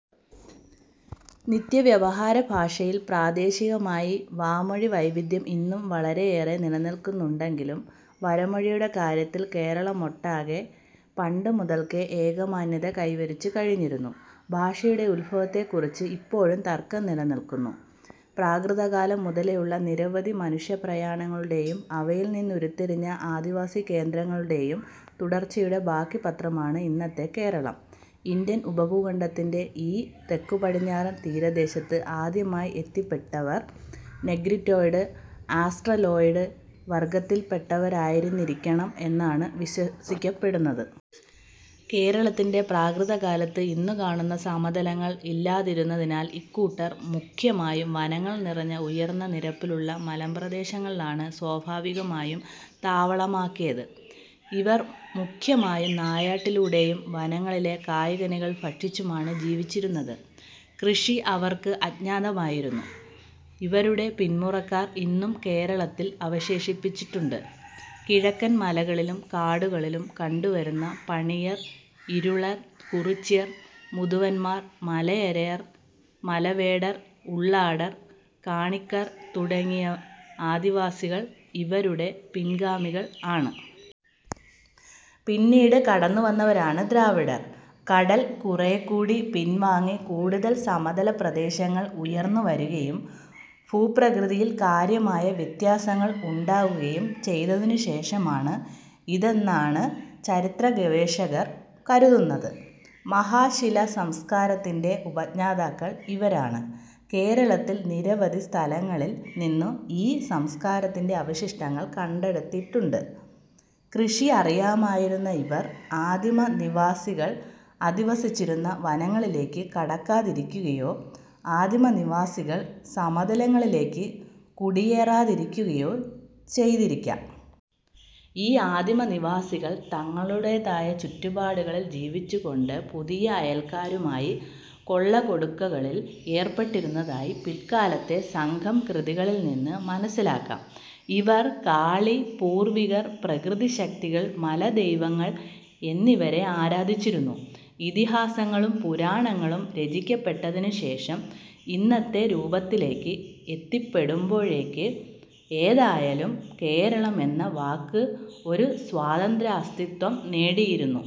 നിത്യവ്യവഹാരഭാഷയിൽ പ്രാദേശികമായി വാമൊഴിവൈവിദ്ധ്യം ഇന്നും വളരെയേറെ നിലനിൽക്കുന്നുണ്ടെങ്കിലും വരമൊഴിയുടെ കാര്യത്തിൽ കേരളമൊട്ടാകെ പണ്ടുമുതൽക്കേ ഏകമാനത കൈവരിച്ചുകഴിഞ്ഞിരുന്നു. ഭാഷയുടെ ഉത്ഭവത്തെ കുറിച്ച് ഇപ്പോഴും തർക്കം നിലനിൽക്കുന്നു പ്രാകൃതകാലം മുതലേയുള്ള നിരവധി മനുഷ്യപ്രയാണങ്ങളുടേയും അവയിൽനിന്നുരുത്തിരിഞ്ഞ അധിവാസകേന്ദ്രങ്ങളുടേയും തുടർച്ചയുടെ ബാക്കി പത്രമാണ് ഇന്നത്തെ കേരളം. ഇന്ത്യൻ ഉപഭൂഖണ്ഡത്തിന്റെ ഈ തെക്കുപടിഞ്ഞാറൻ തീരദേശത്ത് ആദ്യമായി എത്തിപ്പെട്ടവർ നെഗ്രിറ്റോയ്ഡ്-ആസ്ത്രലോയ്ഡ് വർഗ്ഗത്തിൽ പെട്ടവരായിരുന്നിരിക്കണം എന്നാണ് വിശ്വസിക്കപ്പെടുന്നത്. കേരളത്തിന്റെ പ്രാകൃതകാലത്ത് ഇന്നുകാണുന്ന സമതലങ്ങൾ ഇല്ലാതിരുന്നതിനാൽ ഇക്കൂട്ടർ മുഖ്യമായും വനങ്ങൾ നിറഞ്ഞ ഉയർന്ന നിരപ്പിലുള്ള മലമ്പ്രദേശങ്ങളാണ് സ്വാഭാവികമായും താവളമാക്കിയത്. ഇവർ മുഖ്യമായും നായാട്ടിലൂടെയും വനങ്ങളിലെ കായ്കനികൾ ഭക്ഷിച്ചുമാണ് ജീവിച്ചിരുന്നത്. കൃഷി അവർക്ക് അജ്ഞാതമായിരുന്നു. ഇവരുടെ പിന്മുറക്കാർ ഇന്നും കേരളത്തിൽ അവശേഷിച്ചിട്ടുണ്ട്. കിഴക്കൻ മലകളിലും കാടുകളിലും കണ്ടുവരുന്ന പണിയർ, ഇരുളർ, കുറിച്യർ, മുതുവാന്മാർ, മലയരയർ, മലവേടർ, ഉള്ളാടർ, കാണിക്കാർ തുടങ്ങിയ ആദിവാസികൾ ഇവരുടെ പിൻഗാമികൾ ആണ്. പിന്നീട് കടന്നുവന്നവരാണ് ദ്രാവിഡർ. കടൽ കുറേക്കൂടി പിൻവാങ്ങി കൂടുതൽ സമതലപ്രദേശങ്ങൾ ഉയർന്നുവരികയും ഭൂപ്രകൃതിയിൽ കാര്യമായ വ്യത്യാസങ്ങൾ ഉണ്ടാകുകയും ചെയ്തതിനുശേഷമാണ് ഇതെന്നാണ് ചരിത്രഗവേഷകർ കരുതുന്നത്. മഹാശിലസംസ്കാരത്തിന്റെ ഉപജ്ഞാതാക്കൾ ഇവരാണ്. കേരളത്തിൽ നിരവധി സ്ഥലങ്ങളിൽ നിന്നും ഈ സംസ്കാരത്തിന്റെ അവശിഷ്ടങ്ങൾ കണ്ടെടുത്തിട്ടുണ്ട്. കൃഷി അറിയാമായിരുന്ന ഇവർ ആദിമനിവാസികൾ അധിവസിച്ചിരുന്ന വനങ്ങളിലേക്ക് കടക്കാതിരിക്കുകയോ ആദിമനിവാസികൾ സമതലങ്ങളിലേക്ക് കുടിയേറാതിരിക്കുകയോ ചെയ്തിരിക്കാം. ഈ ആദിമനിവാസികൾ തങ്ങളുടേതായ ചുറ്റുപാടുകളിൽ ജീവിച്ചുകൊണ്ട് പുതിയ അയൽക്കാരുമായി കൊള്ളക്കൊടുക്കകളിൽ ഏർപ്പെട്ടിരുന്നതായി പിൽക്കാലത്തെ സംഘം കൃതികളിൽ നിന്ന് മനസ്സിലാക്കാം. ഇവർ കാളി, പൂർവ്വികർ, പ്രകൃതിശക്തികൾ, മലദൈവങ്ങൾ എന്നിവരെ ആരാധിച്ചിരുന്നു. ഇതിഹാസങ്ങളും പുരാണങ്ങളും രചിക്കപ്പെട്ടതിനുശേഷം ഇന്നത്തെ രൂപത്തിലേക്ക് എത്തിപ്പെടുമ്പോഴേക്ക് ഏതായാലും കേരളം എന്ന വാക്ക് ഒരു സ്വതന്ത്രാസ്തിത്വം നേടിയിരുന്നു.